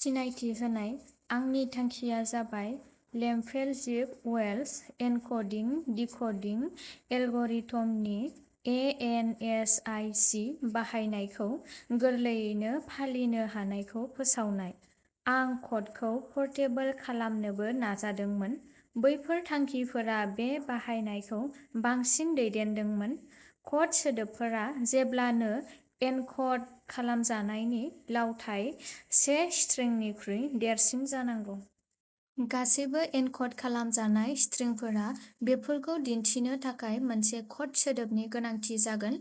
सिनायथि होनाय, आंनि थांखिया जाबाय लेमपेल-जिभ-अवेल्च एनक'डिं डिक'डिं एलग'रिथमनि A N S I C बाहायनायखौ गोरलैयैनो फालिनो हानायखौ फोसावनाय। आं क'डखौ परटेबल खालामनोबो नाजादोंमोन। बैफोर थांखिफोरा बे बाहायनायखौ बांसिन दैदेनदोंमोन। क'ड सोदोबफोरा जेब्लानो एनक'ड खालामजानायनि लावथाइ से स्ट्रिंनिख्रुइ देरसिन जानांगौ। गासैबो एनक'ड खालामजानाय स्ट्रिंफोरा बेफोरखौ दिन्थिनो थाखाय मोनसे क'ड सोदोबनि गोनांथि जागोन।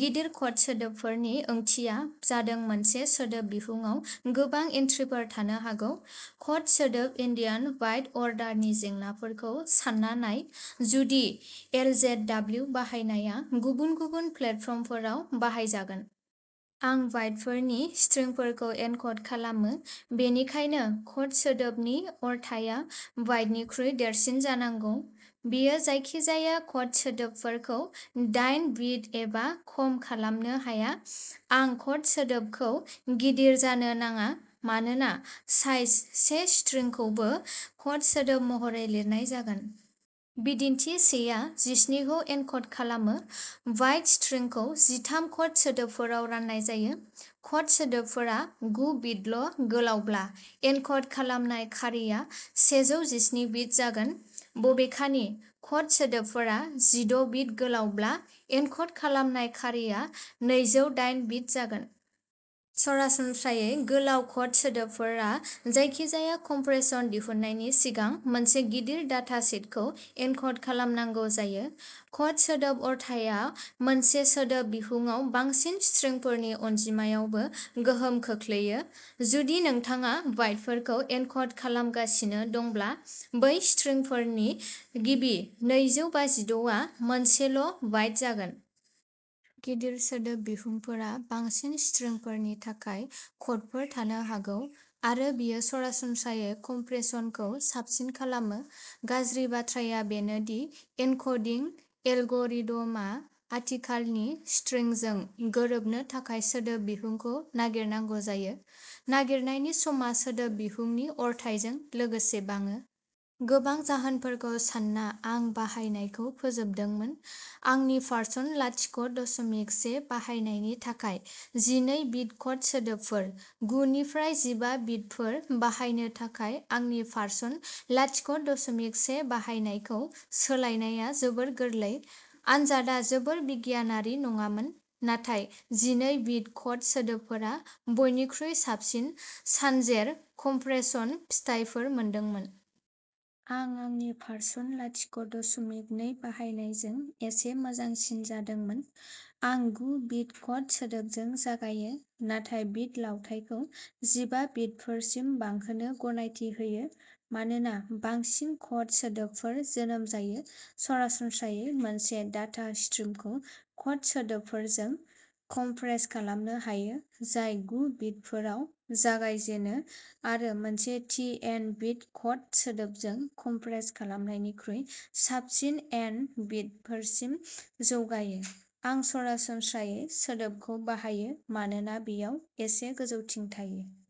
गिदिर क'ड सोदोबफोरनि ओंथिया जादों मोनसे सोदोब बिहुंआव गोबां एन्ट्रिफोर थानो हागौ। क'ड सोदोब एन्डियान/बाइट अर्डारनि जेंनाफोरखौ सानना नाय जुदि एल जेड डब्लिउ बाहायनाया गुबुन गुबुन प्लेटफर्मफोराव बाहायजागोन। आं बाइटफोरनि स्ट्रिंफोरखौ एनक'ड खालामो, बेनिखायनो क'ड सोदोबनि अरथाइया बाइटनिख्रुइ देरसिन जानांगौ। बेयो जायखिजाया क'ड सोदोबफोरखौ दाइन बिट एबा खम खालामनो हाया। आं क'ड सोदोबखौ गिदिर जानो नाङा, मानोना साइज से स्ट्रिंखौबो क'ड सोदोब महरै लिरनाय जागोन। बिदिन्थि से आ जिस्निखौ एनक'ड खालामो। बाइट स्ट्रिंखौ जिथाम क'ड सोदोबफोराव राननाय जायो। क'ड सोदोबफोरा गु बिट ल'गोलावब्ला, एनक'ड खालामनाय खारिआ सेजौ जिस्नि बिट जागोन। बबेखानि, क'ड सोदोबफोरा जिद’ बिट गोलावब्ला, एनक'ड खालामनाय खारिआ नैजौ दाइन बिट जागोन। सरासनस्रायै, गोलाव क'ड सोदोबफोरा जायखिजाया कमप्रेसन दिहुननायनि सिगां मोनसे गिदिर डाटा सेटखौ एनक'ड खालामनांगौ जायो। क'ड सोदोब अरथाइया मोनसे सोदोब बिहुंआव बांसिन स्ट्रिंफोरनि अनजिमायावबो गोहोम खोख्लैयो। जुदि नोंथाङा बाइटफोरखौ एनक'ड खालामगासिनो दंब्ला बै स्ट्रिंफोरनि गिबि नैजौ बाजिद’ आ मोनसेल' बाइट जागोन। गिदिर सोदोब बिहुंफोरा बांसिन स्ट्रिंफोरनि थाखाय क'डफोर थानो हागौ आरो बेयो सरासनस्रायै कमप्रेसनखौ साबसिन खालामो। गाज्रि बाथ्राया बेनो दि एनक'डिं एलग'रिडमआ आथिखालनि स्ट्रिंजों गोरोबनो थाखाय सोदोब बिहुंखौ नागिरनांगौ जायो। नागिरनायनि समा सोदोब बिहुंनि अरथाइजों लोगोसे बाङो। गोबां जाहोनफोरखौ सानना आं बाहायनायखौ फोजोबदोंमोन। आंनि भारसन लाथिख’ दसमिक से बाहायनायनि थाखाय जिनै बिट क'ड सोदोबफोर। गु निफ्राय जिबा बिटफोर बाहायनो थाखाय आंनि भारसन लाथिख’ दसमिक से बाहायनायखौ सोलायनाया जोबोद गोरलै। आनजादआ जोबोद बिगियानारि नङामोन, नाथाय जिनै बिट क'ड सोदोबफोरा बयनिख्रुइ साबसिन सानजेर कमप्रेसन फिथायफोर मोनदोंमोन। आं आंनि भारसन लाथिख’ दसमिक नै बाहायनायजों एसे मोजांसिन जादोंमोन। आं गु बिट क'ड सोदोबजों जागायो, नाथाय बिट लावथाइखौ जिबा बिटफोरसिम बांहोनो गनायथि होयो मानोना बांसिन क'ड सोदोबफोर जोनोम जायो। सरासनस्रायै मोनसे डाटा स्ट्रिमखौ क'ड सोदोबफोरजों कमप्रेस्ड खालामनो हायो जाय गु बिटफोराव जागायजेनो आरो मोनसे थि एन बिट क'ड सोदोबजों कमप्रेस्ड खालामनायनिख्रुइ साबसिन एन बिटफोरसिम जौगायो। आं "सरासनस्रायै" सोदोबखौ बाहायो, मानोना बेयाव एसे गोजौथिं थायो।